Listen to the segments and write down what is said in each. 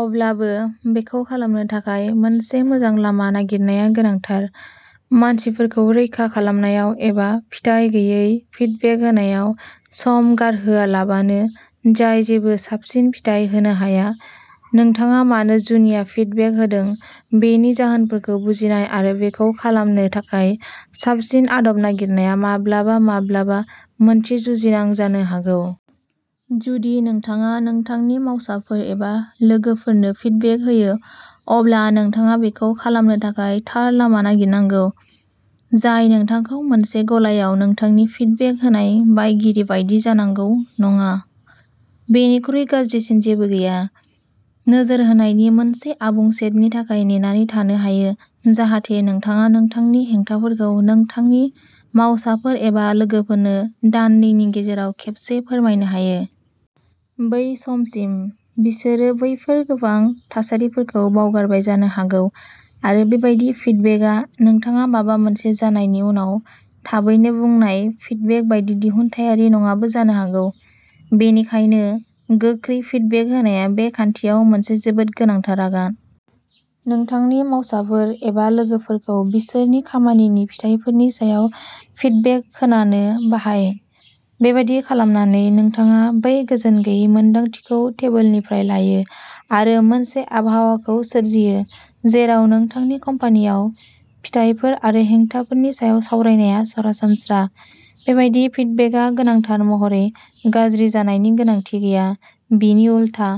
अब्लाबो, बेखौ खालामनो थाखाय मोनसे मोजां लामा नागिरनाया गोनांथार, मानसिफोरखौ रैखा खालामनायाव एबा फिथाय गैयै फिडबेक होनायाव सम गारहोआलाबानो जाय जेबो साबसिन फिथाय होनो हाया। नोंथाङा मानो जुनिया फिडबेक होदों बेनि जाहोनफोरखौ बुजिनाय आरो बेखौ खालामनो थाखाय साबसिन आदब नागिरनाया माब्लाबा माब्लाबा मोनसे जुजिनां जानो हागौ। जुदि नोंथाङा नोंथांनि मावसाफोर एबा लोगोफोरनो फिडबेक होयो, अब्ला नोंथाङा बेखौ खालामनो थाखाय थार लामा नागिरनांगौ, जाय नोंथांखौ मोनसे गलायाव नोंथांनि फिडबेक होनाय बायगिरि बायदि जानांगौ नङा। बेनिख्रुइ गाज्रिसिन जेबो गैया। नोजोर होनायनि मोनसे आबुं सेटनि थाखाय नेनानै थानो हायो जाहाथे नोंथाङा नोंथांनि हेंथाफोरखौ नोंथांनि मावसाफोर एबा लोगोफोरनो दाननैनि गेजेराव खेबसे फोरमायनो हायो। बै समसिम, बिसोरो बैफोर गोबां थासारिफोरखौ बावगारबाय जानो हागौ आरो बेबादि फिडबेकआ नोंथाङा माबा मोनसे जानायनि उनाव थाबैनो बुंनाय फिडबेक बायदि दिहुनथायारि नङाबो जानो हागौ। बेनिखायनो, गोख्रै फिडबेक होनाया बे खान्थियाव मोनसे जोबोद गोनांथार आगान। नोंथांनि मावसाफोर एबा लोगोफोरखौ बिसोरनि खामानिनि फिथायफोरनि सायाव फिडबेक खोनानो बाहाय। बेबादि खालामनानै, नोंथाङा बै गोजोनगैयै मोन्दांथिखौ टेबोलनिफ्राय लायो आरो मोनसे आबहावाखौ सोरजियो जेराव नोंथांनि कम्पानीयाव फिथायफोर आरो हेंथाफोरनि सायाव सावरायनाया सरासनस्रा। बेबादि फिडबेकआ गोनांथार महरै गाज्रि जानायनि गोनांथि गैया; बिनि उलथा,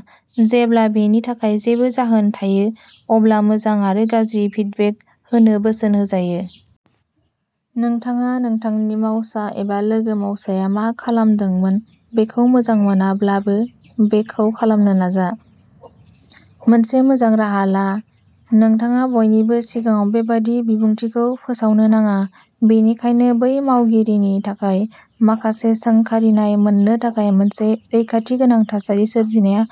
जेब्ला बेनि थाखाय जेबो जाहोन थायो अब्ला मोजां आरो गाज्रि फिडबेक होनो बोसोन होजायो। नोंथाङा नोंथांनि मावसा एबा लोगो-मावसाया मा खालामदोंमोन बेखौ मोजां मोनाब्लाबो, बेखौ खालामनो नाजा। मोनसे मोजां राहा ला। नोंथाङा बयनिबो सिगाङाव बेबादि बिबुंथिखौ फोसावनो नाङा, बेनिखायनो बै मावगिरिनि थाखाय माखासे सोंखारिनाय मोन्नो थाखाय मोनसे रैखाथि गोनां थासारि सोरजिनाया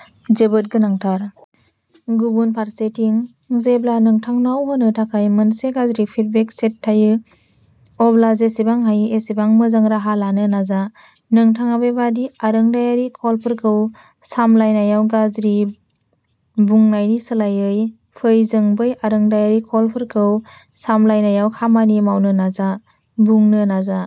जोबोद गोनांथार। गुबुन फारसेथिं, जेब्ला नोंथांनाव होनो थाखाय मोनसे गाज्रि फिडबेक सेट थायो, अब्ला जेसेबां हायो एसेबां मोजां राहा लानो नाजा। "नोंथाङा बेबादि आरोंदायारि कलफोरखौ सामलायनायाव गाज्रि" बुंनायनि सोलायै, "फै जों बै आरोंदायारि कलफोरखौ सामलायनायाव खामानि मावनो नाजा" बुंनो नाजा।